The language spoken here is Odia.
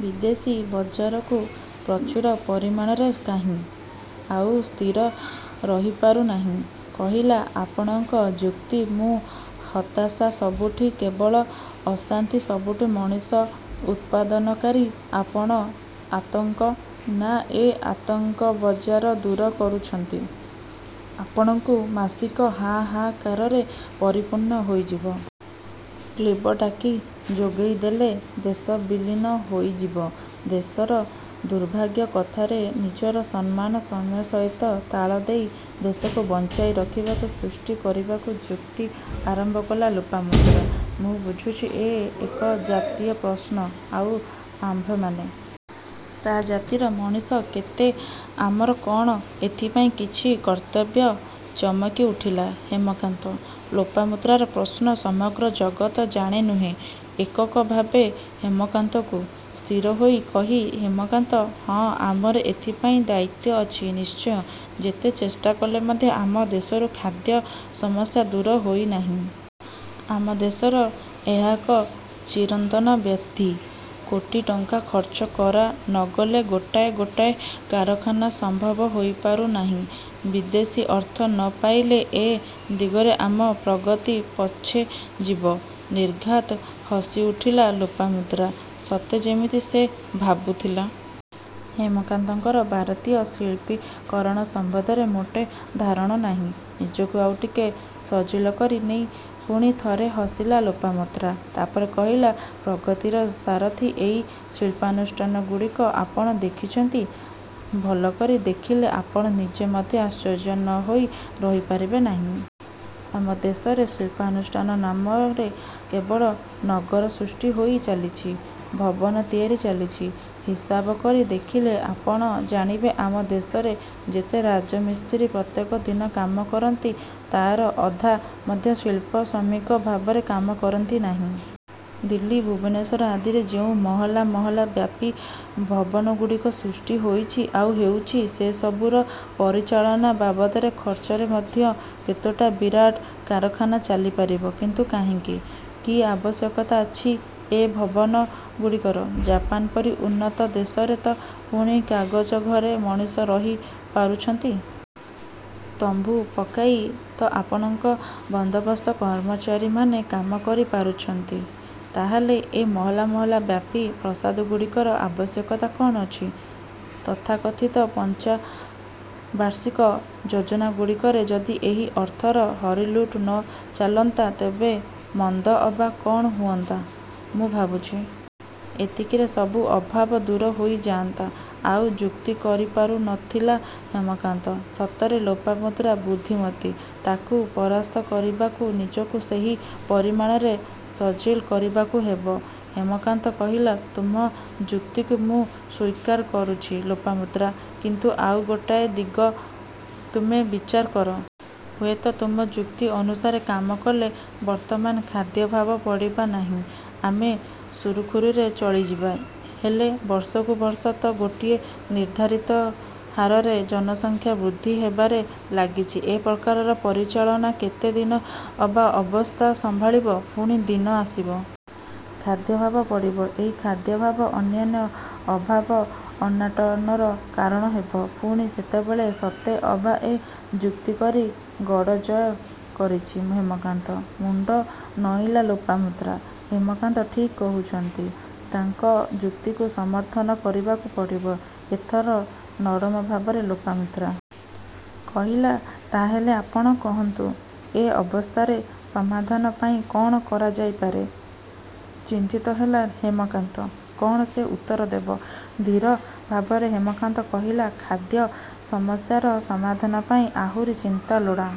'' ବିଦେଶୀ ବଜାରକୁ ପ୍ରଚୁର ପରିମାଣରେ କାହିଁ? ଆଉ ସ୍ଥିର ରହିପାରୁ ନାହିଁ। କହିଲା-ଆପଣଙ୍କ ଯୁକ୍ତି ମୁଁ ହତାଶା, ସବୁଠି କେବଳ ଅଶାନ୍ତି, ସବୁଠୁ ମଣିଷ ଉତ୍ପାଦନକାରୀ, ଆପଣ ଆତଙ୍କ। ନାଁ ଏ ଆତଙ୍କରାଜର ଦୂର କରୁଛନ୍ତି। ଆପଣଙ୍କୁ ମାସିକ ହା.. ହା କାରରେ ପରିପୂର୍ଣ୍ଣ ହୋଇଯିବ। କ୍ଳିବ ଡ଼ାଲି ଯୋଗଇ ଦେଲେ ଦେଶ ବିଲୀନ ହୋଈଯିବ। ଦେଶର ଦୁର୍ଭାଗ୍ୟ କଥା ରେ ନିଜର ସମ୍ମାନ ସମୟ ସହିତ ତାଳ ଦେଇ ଦେଶକୁ ବଞ୍ଚାଈ ରଖିବାକୁ ସୃଷ୍ଟି କରିବାକୁ। ଯୁକ୍ତି ଆରମ୍ଭ କଲା ଲୋପାମୁଦ୍ରା ''ମୁଁ ବୁଝୁଛି, ଏ ଏକ ଜାତୀୟ ପ୍ରଶ୍ନ। ଆଉ ଆମ୍ଭେମାନେ.. ତା' ଜାତିର ମଣିଷ। ତେବେ ଆମର କ'ଣ ଏଥିପାଇଁ କିଛି କର୍ତ୍ତବ୍ୟ। ଚମକି ଉଠିଲା ହେମକାନ୍ତ। ଲୋପାମୁଦ୍ରାର ପ୍ରଶ୍ନ ସମଗ୍ର ଜଗତ ଜାଣେ ନୁହେଁ ଏକକ ଭାବେ ହେମକାନ୍ତକୁ। ସ୍ଥିର ହୋଇ କହି ହେମକାନ୍ତ ''ହଁ ଆମର ଏଥିପାଇଁ ଦାୟିତ୍ୱ ଅଛି ନିଶ୍ଚୟ। ଯେତେ ଚେଷ୍ଟା କଲେ ମଧ୍ୟ ଆମ ଦେଶରୁ ଖାଦ୍ୟ ସମସ୍ୟା ଦୂର ହୋଇନାହିଁ। ଆମ ଦେଶର ଏହା ଏକ ଚିରନ୍ତନ ବ୍ୟାଧି। '' କୋଟି ଟଙ୍କା ଖର୍ଚ୍ଚ କରା ନ ଗଲେ ଗୋଟାଏ ଗୋଟାଏ କାରଖାନା ସମ୍ଭବ ହୋଇପାରୁ ନାହିଁ। ବିଦେଶୀ ଅର୍ଥ ନ ପାଇଲେ ଏ ଦିଗରେ ଆମ ପ୍ରଗତି ପଛେଯିବ। ନିର୍ଘାତ୍ ହସିଉଠିଲା ଲୋପାମୁଦ୍ରା। ସତେ ଯେମିତି ସେ ଭାବୁଥିଲା ହେମକାନ୍ତଙ୍କର ଭାରତୀୟ ଶିଳ୍ପୀକରଣ ସମ୍ବନ୍ଧରେ ମୋଟେ ଧାରଣ ନାହିଁ। ନିଜକୁ ଆଉ ଟିକେ ସଜିଲ କରି ନେଇ ପୁଣି ଥରେ ହସିଲା ଲୋପାମୁଦ୍ରା। ତା'ପରେ କହିଲା ''ପ୍ରଗତିର ସାରଥୀ ଏଇ ଶିଳ୍ପାନୁଷ୍ଠାନଗୁଡ଼ିକ ଆପଣ ଦେଖିଛନ୍ତି? ଭଲକରି ଦେଖିଲେ ଆପଣ ନିଜେ ମଧ୍ୟ ଆଶ୍ଚର୍ଯ୍ୟ ନ ହୋଇ ରହି ପାରିବେ ନାହିଁ। ଆମ ଦେଶରେ ଶିଳ୍ପାନୁଷ୍ଠାନ ନାମରେ କେବଳ ନଗର ସୃଷ୍ଟି ହୋଇ ଚାଲିଛି। ଭବନ ତିଆରି ଚାଲିଛି। ହିସାବ କରି ଦେଖିଲେ ଆପଣ ଜାଣିବେ ଆମ ଦେଶରେ ଯେତେ ରାଜମିସ୍ତ୍ରୀ ପ୍ରତ୍ୟେକ ଦିନ କାମ କରନ୍ତି ତାହାର ଅଧା ମଧ୍ୟ ଶିଳ୍ପ ଶ୍ରମିକ ଭାବରେ କାମ କରନ୍ତି ନାହିଁ। ଦିଲ୍ଲୀ, ଭୂବନେଶ୍ୱର ଆଦିରେ ଯେଉଁ ମହଲା ମହଲା ବ୍ୟାପୀ ଭବନଗୁଡ଼ିକ ସୃଷ୍ଟି ହୋଇଛି ଆଉ ହେଉଛି ସେ ସବୁର ପରିଚାଳନା ବାବଦର ଖର୍ଚ୍ଚରେ ମଧ୍ୟ କେତୁଟା ବିରାଟ କାରଖାନା ଚାଲିପାରିବ କିନ୍ତୁ କାହିଁକି? କି ଆବଶ୍ୟକତା ଅଛି ଏ ଭବନ ଗୁଡ଼ିକର? ଜାପାନ ପରି ଉନ୍ନତ ଦେଶରେ ତ' ପୁଣି କାଗଜ ଘରେ ମଣିଷ ରହି ପାରୁଛନ୍ତି। ତମ୍ଭୁ ପକାଇ ତ' ଆପଣଙ୍କ ବନ୍ଦୋବସ୍ତ କର୍ମଚାରୀମାନେ କାମ କରି ପାରୁଛନ୍ତି? ତା'ହେଲେ ଏ ମହଲା ମହାଲା ବ୍ୟାପୀ ପ୍ରାସାଦଗୁଡ଼ିକର ଆବଶ୍ୟକତା କ'ଣ ଅଛି? ତଥାକଥିତ ପଞ୍ଚବାର୍ଷିକ ଯୋଜନାଗୁଡ଼ିକରେ ଯଦି ଏହି ଅର୍ଥର ହରିଲୁଟ୍ ନ ଚାଲନ୍ତା.. ତେବେ ମନ୍ଦ ଅବା କ'ଣ ହୁଅନ୍ତା? ମୁଁ ଭାବୁଛି ଏତିକିରେ ସବୁ ଅଭାବ ଦୂର ହୋଇ ଯାଆନ୍ତା। ଆଉ ଯୁକ୍ତି କରିପାରୁ ନ ଥିଲା ହେମକାନ୍ତ.. ସତରେ ଲୋପାମୁଦ୍ରା ବୁଦ୍ଧିମତୀ। ତାକୁ ପରାସ୍ତ କରିବାକୁ ନିଜକୁ ସେହି ପରିମାଣରେ ସଜିଲ କରିବାକୁ ହେବ। ହେମକାନ୍ତ କହିଲା-ତୁମ ଯୁକ୍ତିକୁ ମୁଁ ସ୍ୱୀକାର କରୁଛି ଲୋପାମୁଦ୍ରା। କିନ୍ତୁ ଆଉ ଗୋଟାଏ ଦିଗ ତୁମେ ବିଚାର କର। ହୁଏତ ତୁମ ଯୁକ୍ତି ଅନୁସାରେ କାମ କଲେ। ବର୍ତ୍ତମାନ ଖାଦ୍ୟଭାବ ପଡ଼ିବା ନାହିଁ। ଆମେ ସୁରୁଖୁରୁରେ ଚଳିଯିବା। ହେଲେ ବର୍ଷକୁ ବର୍ଷ ତ ଗୋଟିଏ ନିର୍ଦ୍ଧାରିତ ହାରରେ ଜନସଂଖ୍ୟା ବୃଦ୍ଧି ହେବାରେ ଲାଗିଛି, ଏ ପ୍ରକାରର ପରିଚାଳନା କେତେ ଦିନ ଅବା ଅବସ୍ଥା ସମ୍ଭାଳିବ? ପୁଣି ଦିନ ଆସିବ.. ଖାଦ୍ୟାଭାବ ପଡ଼ିବ। ଏଇ ଖାଦ୍ୟଭାବ.. ଅନ୍ୟାନ୍ୟ ଅଭାବ ଅନାଟନର କାରଣ ହେବ। ପୁଣି ସେତେବେଳେ? ସତେ ଅବା ଏ ଯୁକ୍ତି କରି ଗଡ଼ ଜୟ କରିଛି ହେମକାନ୍ତ। ମୁଣ୍ଡ ନଇଁଲା ଲୋପାମୁଦ୍ରା। ହେମକାନ୍ତ ଠିକ୍ କହୁଛନ୍ତି। ତାଙ୍କ ଯୁକ୍ତିକୁ ସମର୍ଥନ କରିବାକୁ ପଡ଼ିବ। ଏଥର ନରମ ଭାବରେ ଲୋପାମୁଦ୍ରା। କହିଲା-ତା' ହେଲେ ଆପଣ କହନ୍ତୁ ଏ ଅବସ୍ଥାରେ ସମାଧାନ ପାଇଁ କ'ଣ କରାଯାଇପାରେ? ଚିନ୍ତିତ ହେଲା ହେମକାନ୍ତ। କ'ଣ ସେ ଉତ୍ତର ଦେବ? ଧୀର ଭାବରେ ହେମକାନ୍ତ କହିଲା-ଖାଦ୍ୟ ସମସ୍ୟାର ସମାଧାନ ପାଇଁ ଆହୁରି ଚିନ୍ତା ଲୋଡ଼ା.